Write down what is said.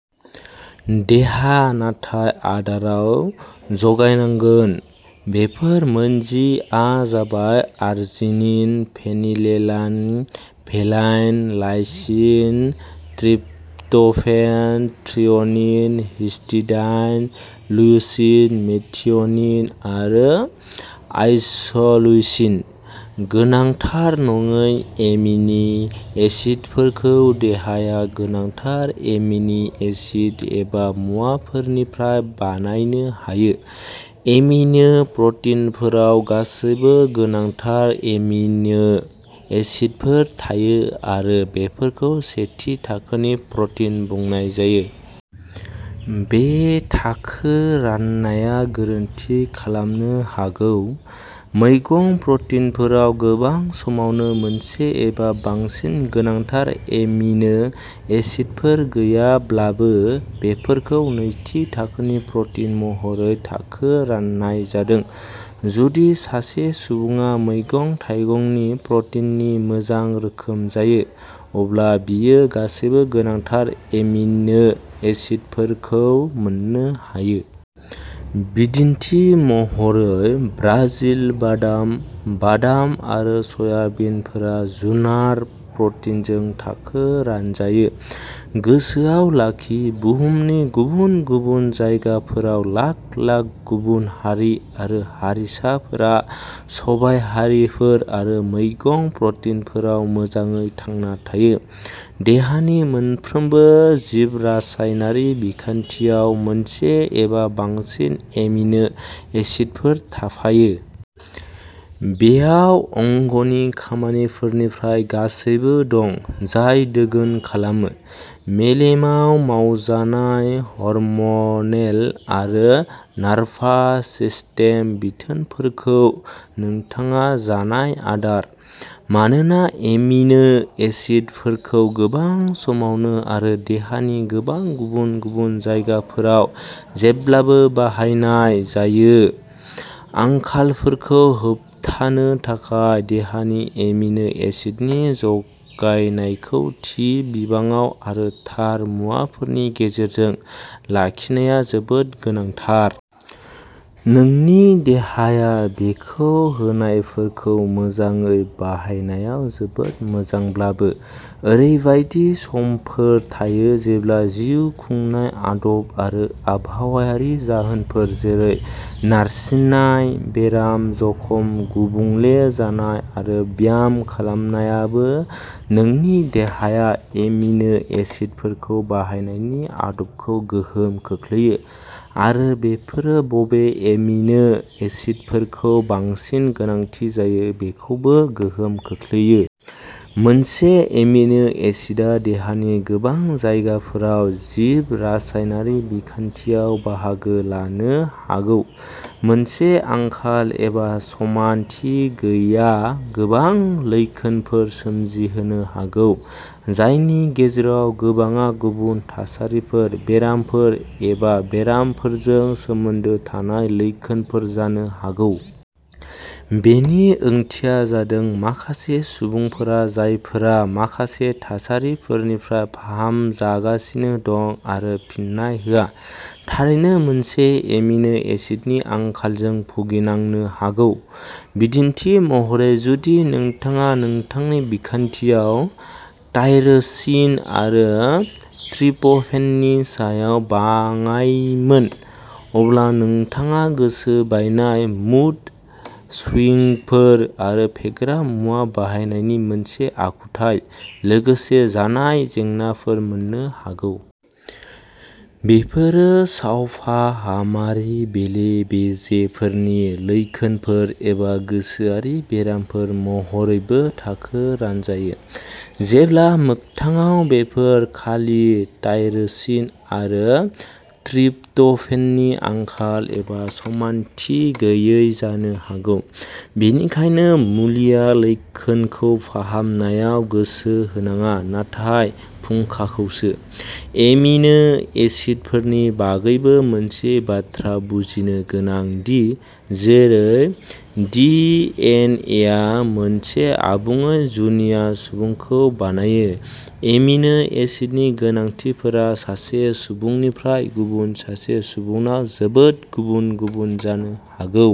देहा, नाथाय आदाराव जगायनांगोन। बेफोर मोन जि आ जाबाय arginine, phenylalanine, valine, lysine, tryptophan, threonine, histidine, leucine, methionine आरो आइस'ल्युसिन। गोनांथार नङै एमिनो एसिडफोरखौ देहाया गोनांथार एमिनो एसिड एबा मुवाफोरनिफ्राय बानायनो हायो। एमिनो प्रटिनफोराव गासैबो गोनांथार एमिनो एसिडफोर थायो आरो बेफोरखौ "सेथि थाखोनि" प्रटिन बुंनाय जायो। बे थाखो राननाया गोरोन्थि खालामनो हागौ। मैगं प्रटिनफोराव गोबां समावनो मोनसे एबा बांसिन गोनांथार एमिनो एसिडफोर गैयाब्लाबो, बेफोरखौ "नैथि थाखोनि" प्रटिन महरै थाखो राननाय जादों। जुदि सासे सुबुङा मैगं-थाइगंनि प्रटिननि मोजां रोखोम जायो, अब्ला बियो गासैबो गोनांथार एमिनो एसिडफोरखौ मोननो हायो। बिदिन्थि महरै, ब्राजिल बादाम, बादाम आरो सयाबिनफोरा जुनार प्रटिनजों थाखो रानजायो। गोसोआव लाखि, बुहुमनि गुबुन गुबुन जायगाफोराव लाख-लाख गुबुन हारि आरो हारिसाफोरा सबायहारिफोर आरो मैगं प्रटिनफोराव मोजाङै थांना थायो। देहानि मोनफ्रोमबो जिबरासायनारि बिखान्थियाव मोनसे एबा बांसिन एमिनो एसिडफोर थाफायो। बेयाव अंगनि खामानिफोरनिफ्राय गासैबो दं जाय दोगोन खालामो। मेलेमाव मावजानाय हर्म'नेल आरो नार्भास सिस्टेम बिथोनफोरखौ नोंथाङा जानाय आदार। मानोना एमिनो एसिडफोरखौ गोबां समावनो आरो देहानि गोबां गुबुन-गुबुन जायगाफोराव जेब्लाबो बाहायनाय जायो, आंखालफोरखौ होबथानो थाखाय देहानि एमिनो एसिडनि जगायनायखौ, थि बिबाङाव आरो थार मुवाफोरनि गेजेरजों लाखिनाया जोबोद गोनांथार। नोंनि देहाया बेखौ होनायफोरखौ मोजाङै बाहायनायाव जोबोद मोजांब्लाबो, ओरैबायदि समफोर थायो जेब्ला जिउ खुंनाय आदब आरो आबहावायारि जाहोनफोर जेरै नारसिननाय, बेराम, जखम, गुबुंले जानाय आरो ब्याम खालामनायाबो नोंनि देहाया एमिनो एसिडफोरखौ बाहायनायनि आदबखौ गोहोम खोख्लैयो आरो बेफोरो बबे एमिनो एसिडफोरखौ बांसिन गोनांथि जायो बेखौबो गोहोम खोख्लैयो। मोनसे एमिनो एसिडआ देहानि गोबां जायगाफोराव जिबरासायनारि बिखान्थियाव बाहागो लानो हागौ, मोनसे आंखाल एबा समानथि गैयैआ गोबां लैखोनफोर सोमजिहोनो हागौ, जायनि गेजेराव गोबांआ गुबुन थासारिफोर, बेरामफोर एबा बेरामफोरजों सोमोन्दो थानाय लैखोनफोर जानो हागौ। बेनि ओंथिया जादों माखासे सुबुंफोरा जायफोरा माखासे थासारिफोरनिफ्राय फाहामजागासिनो दं, आरो फिन्नाय होआ, थारैनो मोनसे एमिनो एसिडनि आंखालजों भुगिनांनो हागौ। बिदिन्थि महरै, जुदि नोंथाङा नोंथांनि बिखान्थियाव टायरोसिन आरो ट्रिप्ट'फेननि सायाव बाङायमोन, अब्ला नोंथाङा गोसो बायनाय, मुड स्विंगफोर, आरो फेग्रा मुवा बाहायनायनि मोनसे आखुथाय, लोगोसे जानाय जेंनाफोर मोननो हागौ। बेफोरो सावफाहामारि बेले-बेजेफोरनि लैखोनफोर, एबा गोसोआरि बेरामफोर महरैबो थाखो रानजायो, जेब्ला मोगथाङाव बेफोर खालि टायरोसिन आरो ट्रिप्ट'फेननि आंखाल एबा समानथि गैयै जानो हागौ। बेनिखायनो मुलिआ लैखोनखौ फाहामनायाव गोसो होनाङा, नाथाय फुंखाखौसो। एमिनो एसिडफोरनि बागैबो मोनसे बाथ्रा बुजिनो गोनां दि, जेरै डिएनएआ मोनसे आबुङै जुनिया सुबुंखौ बानायो, एमिनो एसिडनि गोनांथिफोरा सासे सुबुंनिफ्राय गुबुन सासे सुबुंनाव जोबोद गुबुन-गुबुन जानो हागौ।